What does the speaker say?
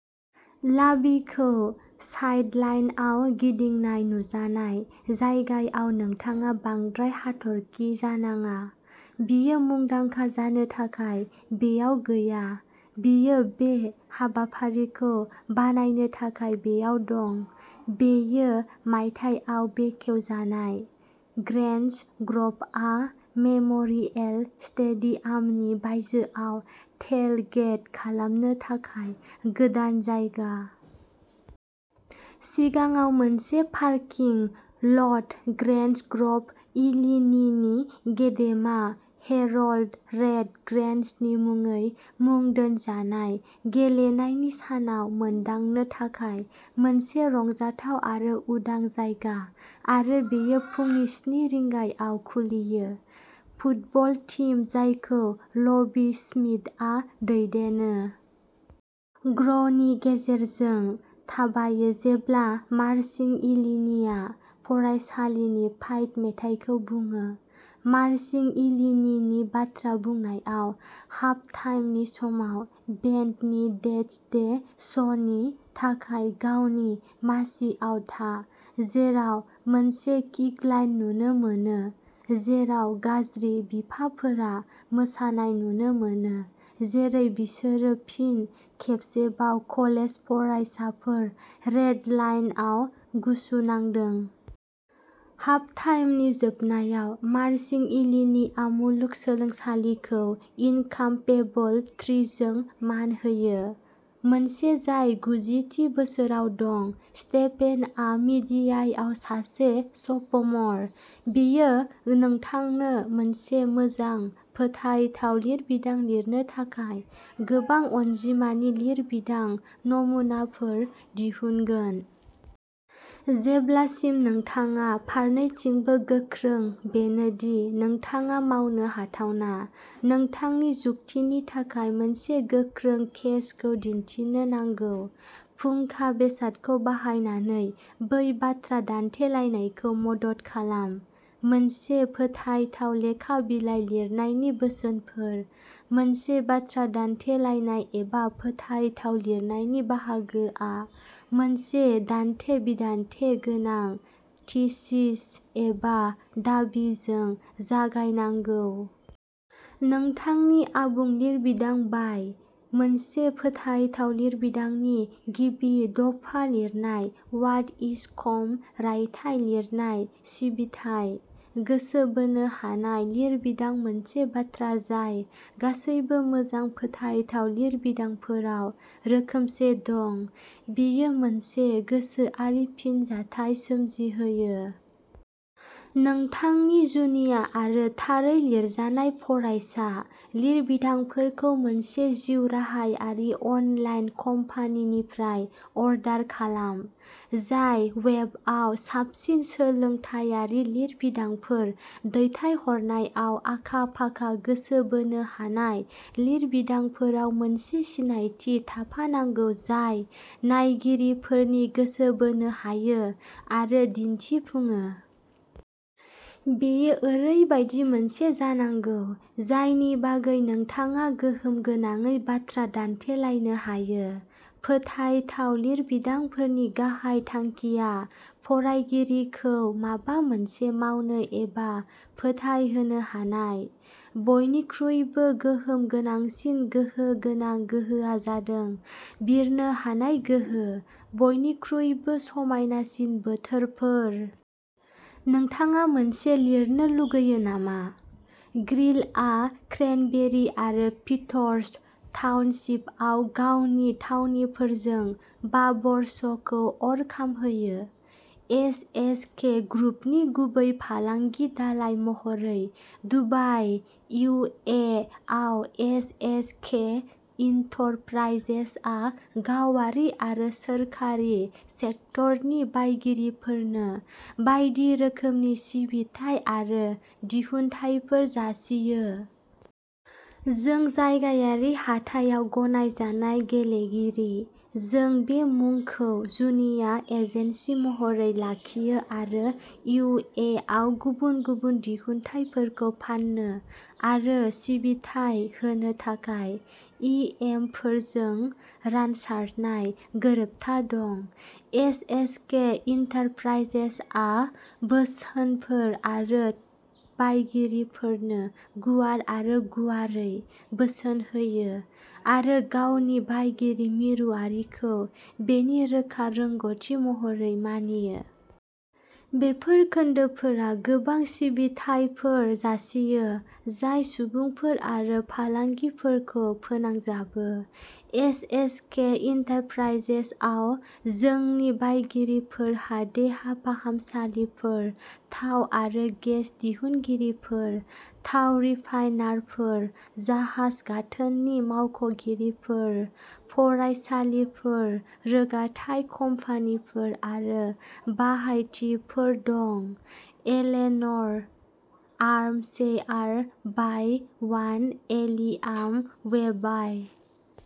लाभीखौ साइडलाइनआव गिदिंनाय नुजानाय जायगायाव नोंथाङा बांद्राय हाथरखि जानाङा। बियो मुंदांखा जानो थाखाय बेयाव गैया। बियो बे हाबाफारिखौ बानायनो थाखाय बेयाव दं। बेयो मायथाइयाव बेखेवजानाय। ग्रेन्ज ग्र'भआ मेम'रियेल स्टेडियामनि बायजोआव टेलगेट खालामनो थाखाय गोदान जायगा। सिगाङाव मोनसे पारकिं ल'ट, ग्रेन्ज ग्र'भ इलिनीनि गेदेमा हेरल्ड रेड ग्रेन्जनि मुङै मुं दोनजानाय गेलेनायनि सानाव मोनदांनो थाखाय मोनसे रंजाथाव आरो उदां जायगा आरो बेयो फुंनि स्नि रिंगायाव खुलियो। फुटबल टीम, जायखौ लभि स्मिथआ दैदेनो। ग्र'वनि गेजेरजों थाबायो जेब्ला मारचिं इलिनीया फरायसालिनि फाइट मेथाइखौ बुयो। मारचिं इलिनीनि बाथ्रा बुंनायाव हाफ टाइमनि समाव बेन्डनि डेड्स डे श'नि थाखाय गावनि मासिआव था। जेराव मोनसे किक लाइन नुनो मोनो जेराव गाज्रि बिफाफोरा मोसानाय नुनो मोनो जेरै बिसोरो फिन खेबसेबाव कलेज फरायसाफोर रेड लायनआव गुसु नांदों। हाफ टाइमनि जोबनायाव मारचिं इलिनीआ मुलुग सोलोंसालिखौ इनकामपेबल थ्रीजों मान होयो। मोनसे जाय गुजि थि बोसोराव दं। स्टेफेनआ मिडियायाव सासे सफ'मर। बेयो नोंथांनो मोनसे मोजां फोथायथाव लिरबिदां लिरनो थाखाय गोबां अनजिमानि लिरबिदां नमुनाफोर दिहुनगोन। जेब्लासिम नोंथाङा फारनैथिंबो गोख्रों-बेनो दि नोंथाङा मावनो हाथावना। नोंथांनि जुक्तिनि थाखाय मोनसे गोख्रों केसखौ दिन्थिनो नांगौ। फुंखा बेसादखौ बाहायनानै। बै बाथ्रा दान्थेलायनायखौ मदद खालाम। मोनसे फोथायथाव लेखा बिलाइ लिरनायनि बोसोनफोर। मोनसे बाथ्रा दान्थेलायनाय एबा फोथायथाव लिरनायनि बाहागोआ मोनसे दान्थे-बिदान्थे गोनां थिसिस एबा दाबिजों जागायनांगौ। नोंथांनि आबुं लिरबिदां बाय। मोनसे फोथायथाव लिरबिदांनि गिबि दफा लिरनाय वाट इज. कम रायथाइ लिरनाय सिबिथाइ। गोसो बोनो हानाय लिरबिदां मोनसे बाथ्रा जाय गासैबो मोजां फोथायथाव लिरबिदांफोराव रोखोमसे दं। बेयो मोनसे गोसोआरि फिनजाथाय सोमजिहोयो। नोंथांनि जुनिया आरो थारै लिरजानाय फरायसा लिरबिदांफोरखौ मोनसे जिउराहायारि अनलाइन कम्पानिनिफ्राय अर्डार खालाम। जाय वेबआव साबसिन सोलोंथायारि लिरबिदांफोर दैथायहरनायाव आखा-फाखा गोसो बोनो हानाय लिरबिदांफोराव मोनसे सिनायथि थाफानांगौ जाय नायगिरिफोरनि गोसो बोनो हायो आरो दिन्थिफुङो। बेयो ओरैबायदि मोनसे जानांगौ जायनि बागै नोंथाङा गोहोम गोनाङै बाथ्रा दान्थेलायनो हायो। फोथायथाव लिरबिदांफोरनि गाहाय थांखिया फरायगिरिखौ माबा मोनसे मावनो एबा फोथायहोनो हानाय। बयनिख्रुइबो गोहोम गोनांसिन गोहो गोनां गोहोआ जादों बिरनो हानाय गोहो बयनिख्रुइबो समायनासिन बोथोरफोर। नोंथाङा मोनसे लिरनो लुगैयो नामा? ग्रिलआ क्रैनबेरी आरो पीटरस टाउनशिपआव गावनि थावनिफोरजों बाबरस'खौ अर खामहोयो। एस एस के ग्रुपनि गुबै फालांगि दालाय महरै दुबाइ इउ एइ आव एस एस के इन्टरप्राइजेसआ गावारि आरो सोरखारि सेक्टरनि बायगिरिफोरनो बायदि रोखोमनि सिबिथाय आरो दिहुनथायफोर जासियो। जों जायगायारि हाथायाव गनायजानाय गेलेगिरि। जों बे मुंखौ जुनिया एजेन्सि महरै लाखियो आरो इउ एइ आव गुबुन गुबुन दिहुनथायफोरखौ फाननो आरो सिबिथाइ होनो थाखाय इ एम फोरजों रानसारनाय गोरोबथा दं। एस एस के इन्टरप्राइजेसआ बोसोनफोर आरो बायगिरिफोरनो गुवार आरो गुवारै बोसोन होयो आरो गावनि बायगिरि मिरुआरिखौ बेनि रोखा रोंग'थि महरै मानियो। बेफोर खोन्दोफोरा गोबां सिबिथायफोर जासियो जाय सुबुंफोर आरो फालांगिफोरखौ फोनांजाबो। एस एस के इन्टरप्राइजेसआव जोंनि बायगिरिफोरहा देहा फाहामसालिफोर थाव आरो गेस दिहुनगिरिफोर थाव रिफाइनारफोर जाहाज गाथोननि मावख'गिरिफोर फरायसालिफोर, रोगाथाइ कम्पानिफोर आरो बाहायथिफोर दं। एलेन'र armchair bye one एलियाम way by